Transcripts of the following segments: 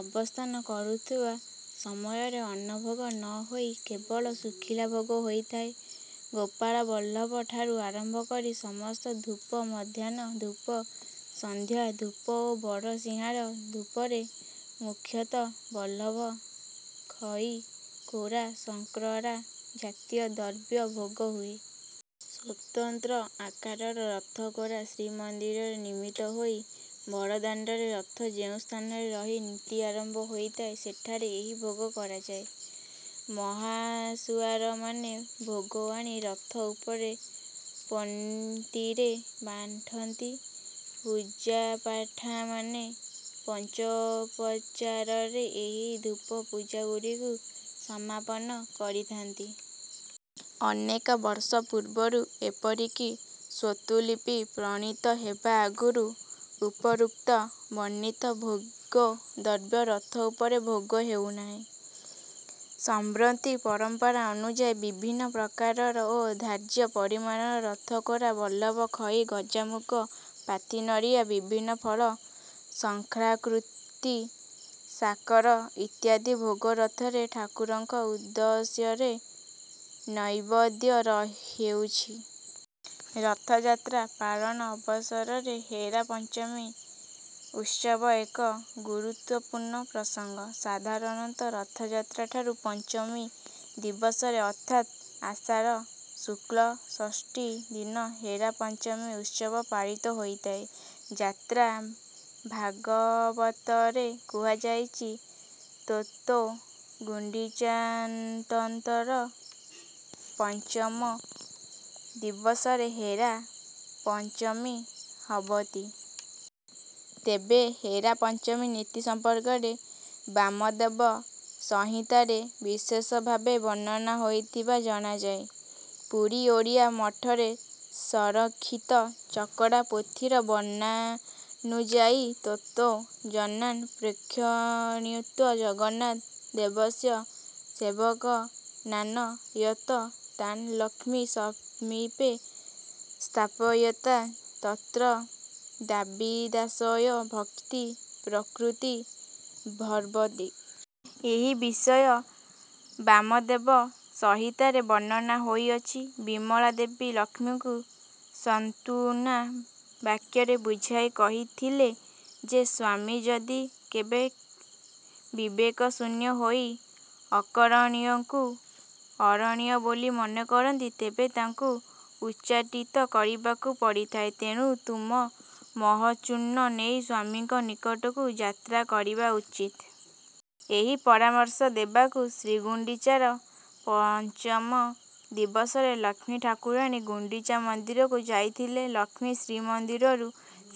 ଅବସ୍ଥାନ କରୁଥିବା ସମୟରେ ଅନ୍ନ ଭୋଗ ନ ହୋଇ କେବଳ ଶୁଖିଲା ଭୋଗ ହୋଇଥାଏ। ଗୋପାଳବଲ୍ଲଭ ଠାରୁ ଆରମ୍ଭ କରି ସମସ୍ତ ଧୂପ, ମଧ୍ୟାହ୍ନ ଧୂପ, ସନ୍ଧ୍ୟା ଧୂପ ଓ ବଡ଼ ସିଂହାର ଧୂପରେ ମୁଖ୍ୟତଃ ବଲ୍ଲଭ ଖଇ, କୋରା, ଶର୍କରା ଜାତୀୟ ଦ୍ରବ୍ୟ ଭୋଗ ହୁଏ। ସ୍ୱତନ୍ତ୍ର ଆକାରର ରଥ କୋରା ଶ୍ରୀମନ୍ଦିରରେ ନିର୍ମିତ ହୋଇ ବଡ଼ଦାଣ୍ଡରେ ରଥ ଯେଉଁ ସ୍ଥାନରେ ରହି ନୀତି ଆରମ୍ଭ ହୋଇଥାଏ, ସେଠାରେ ଏହି ଭୋଗ କରାଯାଏ। ମହାସୁଆରମାନେ ଭୋଗ ଆଣି ରଥ ଉପରେ ପନ୍ତିରେ ବାଣ୍ଠନ୍ତି। ପୂଜାପାଠାମାନେ ପଞ୍ଚପଚାରରେ ଏହି ଧୂପ ପୂଜାଗୁଡ଼ିକୁ ସମାପନ କରିଥାନ୍ତି। ଅନେକ ବର୍ଷ ପୂର୍ବରୁ ଏପରିକି ସ୍ୱତ୍ତ୍ୱଲିପି ପ୍ରଣୀତ ହେବା ଆଗରୁ ଉପରୋକ୍ତ ବର୍ଣ୍ଣିତ ଭୋଗ ଦ୍ରବ୍ୟ ରଥ ଉପରେ ଭୋଗ ହେଉନାହିଁ। ସମ୍ବ୍ରତି ପରମ୍ପରା ଅନୁଯାୟୀ ବିଭିନ୍ନ ପ୍ରକାରର ଓ ଧାର୍ଯ୍ୟ ପରିମାଣର ରଥ କୋରା, ବଲ୍ଲଭ ଖଇ, ଗଜାମୁଗ, ପାତି ନଡ଼ିଆ, ବିଭିନ୍ନ ଫଳ, ଶଙ୍ଖାକୃତି ଶାକର ଇତ୍ୟାଦି ଭୋଗ ରଥରେ ଠାକୁରଙ୍କ ଉଦ୍ଦଶ୍ୟରେ ନୈବେଦ୍ୟ ର ହେଉଛି। ରଥଯାତ୍ରା ପାଳନ ଅବସରରେ ହେରା ପଞ୍ଚମୀ ଉତ୍ସବ ଏକ ଗୁରୁତ୍ୱପୂର୍ଣ୍ଣ ପ୍ରସଙ୍ଗ। ସାଧାରଣତଃ ରଥଯାତ୍ରା ଠାରୁ ପଞ୍ଚମୀ ଦିବସରେ ଅର୍ଥାତ ଆଷାଢ଼ ଶୁକ୍ଳ ଷଷ୍ଠୀ ଦିନ ହେରା ପଞ୍ଚମୀ ଉତ୍ସବ ପାଳିତ ହୋଇଥାଏ। ଯାତ୍ରା ଭାଗବତରେ କୁହାଯାଇଛି ତତୋ ଗୁଣ୍ଡିଚାନନ୍ତରଂ ପଞ୍ଚମ ଦିବସେ ହେରା ପଞ୍ଚମୀ ଭବତି। ତେବେ ହେରା ପଞ୍ଚମୀ ନୀତି ସମ୍ପର୍କରେ ବାମଦେବ ସଂହିତାରେ ବିଶେଷ ଭାବେ ବର୍ଣ୍ଣନା ହୋଇଥିବା ଜଣାଯାଏ। ପୁରୀ ଓଡ଼ିଆ ମଠରେ ସଂରକ୍ଷିତ ଚକଡ଼ା ପୋଥିର ବର୍ଣ୍ଣନାନୁଯାୟୀ ତତୋ ଜନାନ୍ ପ୍ରେକ୍ଷୟିତ୍ୱା ଜଗନ୍ନାଥ ଦେବସ୍ୟ ସେବକାନାନ ୟତ୍। ତାନ୍ ଲକ୍ଷ୍ମୀ ସମୀପେ ସ୍ଥାପୟତ୍ୱା ତତ୍ର ଦାଵୀଦାସୟୋ ଉକ୍ତି ପ୍ରକୃକ୍ତି ଭର୍ବତି। ଏହି ବିଷୟ ବାମଦେବ ସହିତାରେ ବର୍ଣ୍ଣନା ହୋଇଅଛି। ବିମଳାଦେବୀ ଲକ୍ଷ୍ମୀଙ୍କୁ ସନ୍ତୁନା ବାକ୍ୟରେ ବୁଝାଇ କହିଥିଲେ ଯେ, ସ୍ୱାମୀ ଯଦି କେବେ ବିବେକ ଶୂନ୍ୟ ହୋଇ ଅକରଣୀୟକୁ କରଣୀୟ ବୋଲି ମନେ କରନ୍ତି, ତେବେ ତାଙ୍କୁ ଉଚ୍ଚାଟିତ କରିବାକୁ ପଡ଼ିଥାଏ। ତେଣୁ ତୁମ ମୋହଚୂର୍ଣ୍ଣ ନେଇ ସ୍ୱାମୀଙ୍କ ନିକଟକୁ ଯାତ୍ରା କରିବା ଉଚିତ୍। ଏହି ପରାମର୍ଶ ଦେବାକୁ ଶ୍ରୀଗୁଣ୍ଡିଚାର ପଞ୍ଚମ ଦିବସରେ ଲକ୍ଷ୍ମୀ ଠାକୁରାଣୀ ଗୁଣ୍ଡିଚା ମନ୍ଦିରକୁ ଯାଇଥିଲେ। ଲକ୍ଷ୍ମୀ ଶ୍ରୀମନ୍ଦିରରୁ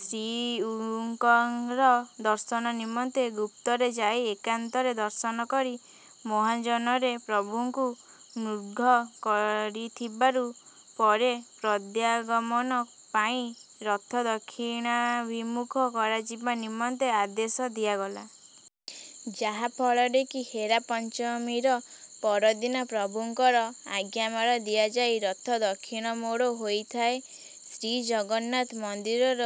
ଶ୍ରୀଉଙ୍କର ଦର୍ଶନ ନିମନ୍ତେ ଗୁପ୍ତରେ ଯାଇ ଏକାନ୍ତରେ ଦର୍ଶନ କରି ମୋହାଞ୍ଜନରେ ପ୍ରଭୁଙ୍କୁ ମୁଗ୍ଧ କରିଥିବାରୁ ପରେ ପ୍ରଦ୍ୟାଗମନ ପାଇଁ ରଥ ଦକ୍ଷିଣାଭିମୁଖ କରାଯିବା ନିମନ୍ତେ ଆଦେଶ ଦିଆଗଲା। ଯାହା ଫଳରେ କି ହେରା ପଞ୍ଚମୀର ପରଦିନ ପ୍ରଭୁଙ୍କର ଆଜ୍ଞାମାଳ ଦିଆଯାଇ ରଥ ଦକ୍ଷିଣମୋଡ଼ ହୋଇଥାଏ। ଶ୍ରୀଜଗନ୍ନାଥ ମନ୍ଦିରର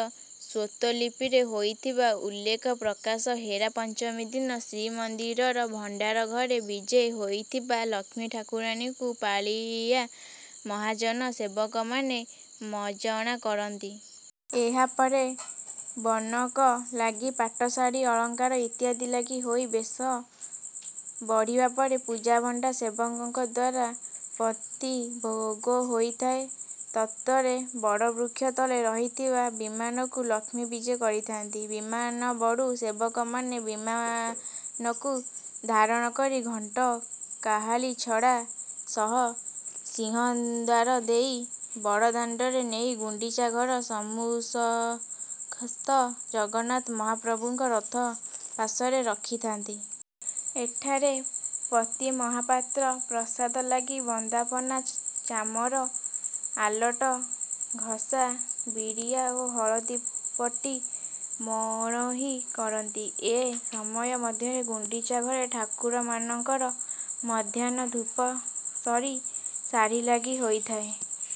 ସ୍ୱତ୍ତ୍ୱଲିପିରେ ହୋଇଥିବା ଉଲ୍ଲେଖ ପ୍ରକାଶ ହେରା ପଞ୍ଚମୀ ଦିନ ଶ୍ରୀମନ୍ଦିରର ଭଣ୍ଡାର ଘରେ ବିଜେ ହୋଇଥିବା ଲକ୍ଷ୍ମୀ ଠାକୁରାଣୀଙ୍କୁ ପାଳିଆ ମହାଜନ ସେବକମାନେ ମଜଣା କରନ୍ତି। ଏହା ପରେ ବନକ ଲାଗି, ପାଟ ଶାଢ଼ୀ, ଅଳଙ୍କାର ଇତ୍ୟାଦି ଲାଗି ହୋଇ ବେଶ ବଢ଼ିବା ପରେ ପୂଜାପଣ୍ଡା ସେବକଙ୍କ ଦ୍ୱାରା ପତି ଭୋଗ ହୋଇଥାଏ। ତତରେ ବଡ଼ବୃକ୍ଷ ତଳେ ରହିଥିବା ବିମାନକୁ ଲକ୍ଷ୍ମୀ ବିଜେ କରିଥାନ୍ତି। ବିମାନବଡ଼ୁ ସେବକମାନେ ବିମାନକୁ ଧାରଣ କରି ଘଣ୍ଟ, କାହାଳୀ, ଛଡା ସହ ସିଂହଦ୍ୱାର ଦେଇ ବଡ଼ଦାଣ୍ଡରେ ନେଇ ଗୁଣ୍ଡିଚା ଘର ସମ୍ମୁଖସ୍ଥ ଜଗନ୍ନାଥ ମହାପ୍ରଭୁଙ୍କ ରଥ ପାଶରେ ରଖିଥାନ୍ତି। ଏଠାରେ ପତିମହାପାତ୍ର ପ୍ରସାଦ ଲାଗି, ବନ୍ଦାପନା, ଚାମର ଆଲଟ, ଘସା ବିଡ଼ିଆ ଓ ହଳଦୀ ପଟି ମଣୋହି କରନ୍ତି। ଏ ସମୟ ମଧ୍ୟରେ ଗୁଣ୍ଡିଚା ଘରେ ଠାକୁରମାନଙ୍କର ମଧ୍ୟାହ୍ନ ଧୂପ ସରି ଶାଢ଼ୀ ଲାଗି ହୋଇଥାଏ।